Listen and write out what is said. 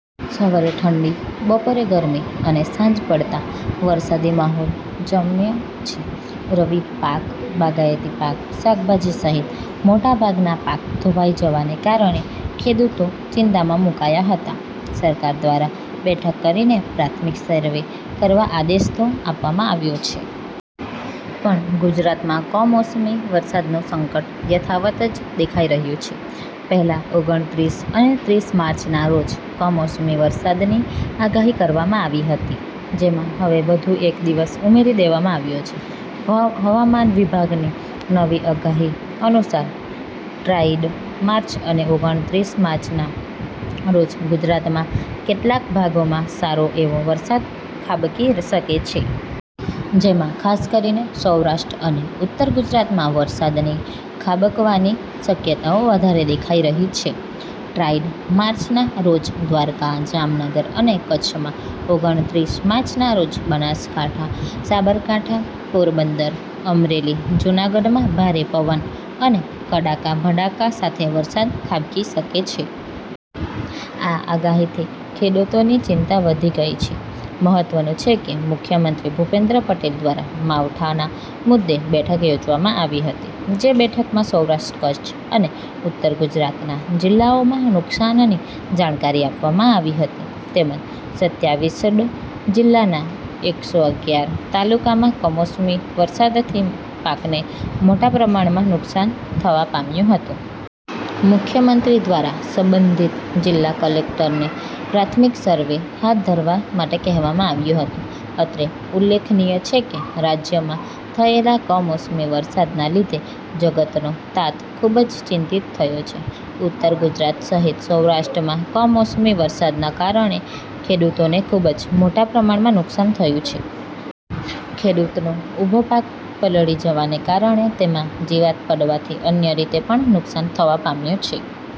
સવારે ઠંડી બપોરે ગરમી અને સાંજ પડતાં વરસાદી માહોલ જામ્યો છે. રવિ પાક, બાગાયતી પાક, શાકભાજી સહિત મોટાભાગના પાક ધોવાય જવાને કારણે ખેડૂતો ચિંતામાં મુકાયા હતા. સરકાર દ્વારા બેઠક કરીને પ્રાથમિક સર્વે કરવા આદેશ તો આપવામાં આવ્યો છે. પણ ગુજરાતમાં કમોસમી વરસાદનું સંકટ યથાવત જ દેખાઈ રહ્યું છે. પહેલા ઓગણત્રીસ અને ત્રીસ માર્ચના રોજ કમોસમી વરસાદની આગાહી કરવામાં અવી હતી જેમાં હવે વધુ એક દિવસ ઉમેરી દેવામાં આવ્યો છે. હવામાન વિભાગની નવી આગાહી અનુસાર, ટ્રાઈડ માર્ચ અને ઓગણત્રીસ માર્ચના રોજ ગુજરાતના કેટલાક ભાગોમાં સારો એવો વરસાદ ખાબકી શકે છે. જેમાં ખાસ કરીને સૌરાષ્ટ્ર અને ઉતર ગુજરાતમાં વરસાદની ખાબકવાની શક્યતાઓ વધારે દેખાઈ રહી છે. ટ્રાઈડ માર્ચના રોજ દ્વારકા, જામનગર અને કચ્છમાં, ઓગણત્રીસ માર્ચના રોજ બનાસકાંઠા, સાબરકાંઠા, પોરબંદર, અમરેલી, જૂનાગઢમાં ભારે પવન અને કડાકા ભડાકા સાથે વરસાદ ખાબકી શકે છે. આ આગાહીથી ખેડૂતોની ચિંતા વધી ગઈ છે. મહત્વનું છે કે મુખ્યમંત્રી ભૂપેન્દ્ર પટેલ દ્વારા માવઠાના મુદ્દે બેઠક યોજવામાં આવી હતી. જે બેઠકમાં સૌરાષ્ટ્ર-કચ્છ અને ઉત્તર ગુજરાતના જિલ્લાઓમાં નુકસાનની જાણકારી આપવામાં આવી હતી. તેમજ સત્યાવીસઽ જિલ્લાના એકસો અગ્યાર તાલુકામાં કમોસમી વરસાદથી પાકને મોટા પ્રમાણમાં નુકસાન થવા પામ્યું હતું. મુખ્યમંત્રી દ્વારા સંબંધિત જિલ્લા કલેક્ટરને પ્રાથમિક સરવે હાથ ધરવા માટે કહેવામાં આવ્યું હતું. અત્રે ઉલ્લેખનીય છે કે, રાજ્યમાં થયેલા કમોસમી વરસાદના લીધે જગતનો તાત ખુબ જ ચિંતિતિ થયો છે. ઉત્તર ગુજરાત સહિત સૌરાષ્ટ્રમાં કમોસમી વરસાદના કારણે ખેડૂતોને ખુબ જ મોટા પ્રમાણમાં નુકસાન થયું છે. ખેડૂતનો ઉભો પાક પલળી જવાને કારણે તેમાં જીવાત પડવાથી અન્ય રીતે પણ નુકસાન થવા પામ્યું છે.